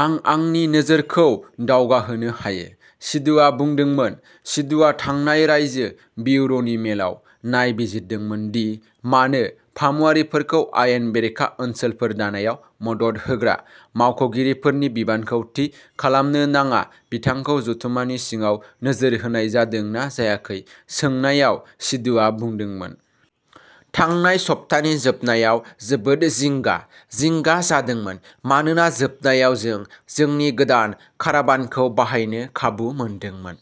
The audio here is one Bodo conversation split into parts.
आं आंनि नोजोरखौ दावगाहोनो हायो", सिधुआ बुंदोंमोन। सिधुआ थांनाय रायजो बिउर'नि मेलाव नायबिजिरदोंमोन दि मानो फामुआरिफोरखौ आयेन बेरेखा ओनसोलफोर दानायाव मदद होग्रा मावख'गिरिफोरनि बिबानखौ थि खालामनो नाङा। बिथांखौ जथुमानि सिङाव नोजोर होनाय जादों ना जायाखै सोंनायाव, सिधुआ बुंदोंमोन। थांनाय सप्तानि जोबनायाव जोबोद जिंगा-जिंगा जादोंमोन। मानोना जोबनायाव जों जोंनि गोदान काराभानखौ बाहायनो खाबु मोनदोंमोन,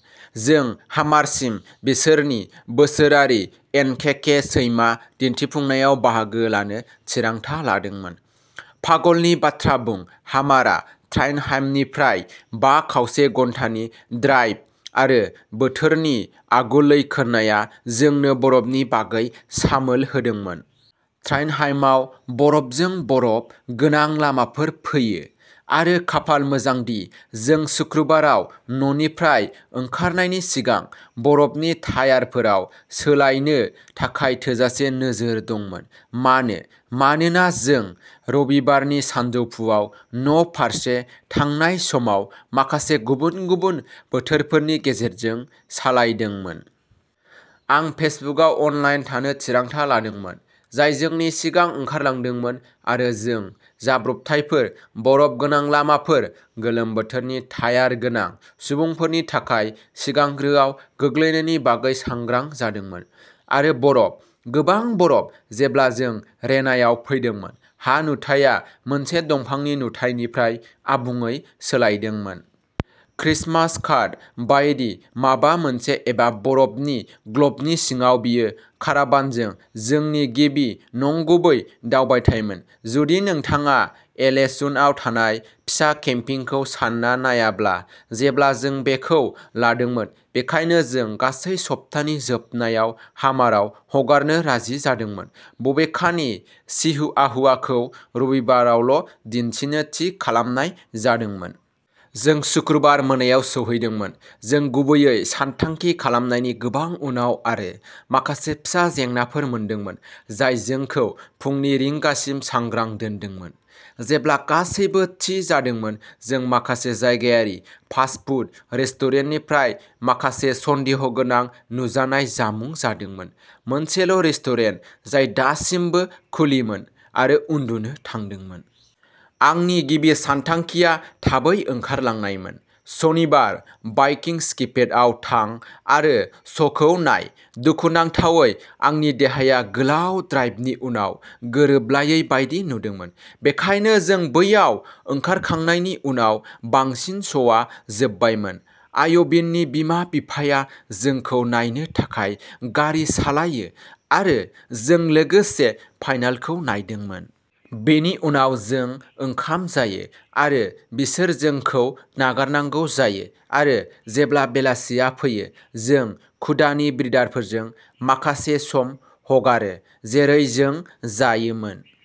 जों हामारसिम बिसोरनि बोसोरारि एनकेके सैमा दिन्थिफुंनायाव बाहागो लानो थिरांथा लादोंमोन। पागलनि बाथ्रा बुं! हामारआ ट्रन्डहाइमनिफ्राय बा खावसे घन्टानि ड्राइभ, आरो बोथोरनि आगुलैखोननाया जोंनो बरफनि बागै सामोल होदोंमोन। ट्रन्डहाइमाव। बरफजों बरफ गोनां लामाफोर फैयो, आरो खाफाल मोजांदि जों सुक्रुबाराव न'निफ्राय ओंखारनायनि सिगां बरफनि टायारफोराव सोलायनो थाखाय थोजासे नोजोर दंमोन। मानो? मानोना जों रबिबारनि सानजौफुआव न'फारसे थांनाय समाव माखासे गुबुन-गुबुन बोथोरफोरनि गेजेरजों सालायदोंमोन। आं फेसबुकआव अनलाइन थानो थिरांथा लादोंमोन, जाय जोंनि सिगां ओंखारलांदोंमोन, आरो जों जाब्रबथायफोर, बरफ गोनां लामाफोर, गोलोम बोथोरनि टायार गोनां सुबुंफोरनि थाखाय सिगांग्रोआव गोग्लैनायनि बागै सांग्रां जादोंमोन, आरो बरफ। गोबां बरफ। जेब्ला जों रेनायाव फैदोंमोन, हा-नुथाया मोनसे दुफांनि नुथाइनिफ्राय आबुङै सोलायदोंमोन। क्रिसमास कार्ड बायदि माबा मोनसे-एबा बरफनि ग्लबनि सिङाव! बेयो काराभानजों जोंनि गिबि नंगुबै दावबायथायमोन-जुदि नोंथाङा एलेसुन्डआव थानाय फिसा केम्पिंखौ सान्ना नायाब्ला, जेब्ला जों बेखौ लादोंमोन-बेनिखायनो जों गासै सप्तानि जोबनायाव हामारआव हगारनो राजि जादोंमोन, बबेखानि चिहुआहुआखौ रबिबारावल'दिन्थिनो थि खालामनाय जादोंमोन। जों सुक्रुबार मोनायाव सौहैदोंमोन, जों गुबैयै सानथांखि खालामनायनि गोबां उनाव, आरो माखासे फिसा जेंनाफोर मोनदोंमोन जाय जोंखौ फुंनि रिंगासिम सांग्रां दोनदोंमोन। जेब्ला गासैबो थि जादोंमोन, जों माखासे जायगायारि फास्ट-फुड रेस्टुरेन्टनिफ्राय माखासे सन्देहगोनां नुजानाय जामुं जादोंमोन-मोनसेल'रेस्टुरेन्ट जाय दासिमबो खुलिमोन, आरो उन्दुनो थांदोंमोन। आंनि गिबि सानथांखिआ थाबै ओंखारलांनायमोन। सनिबार, भाइकिंस्किपेटआव थां आरो श'खौ नाय। दुखुनांथावै आंनि देहाया गोलाव ड्राइभनि उनाव गोरोबलायै बायदि नुदोंमोन, बेनिखायनो जों बैयाव ओंखारखांनायनि उनाव बांसिन श'आ जोबबायमोन। अयविन्डनि बिमा-बिफाया जोंखौ नायनो थाखाय गारि सालायो, आरो जों लोगोसे फाइनालखौ नायदोंमोन। बेनि उनाव जों ओंखाम जायो आरो बिसोर जोंखौ नागारनांगौ जायो, आरो जेब्ला बेलासिया फैयो जों कुडा नि ब्रिडारफोरजों माखासे सम हगारो जेरै जों जायोमोन।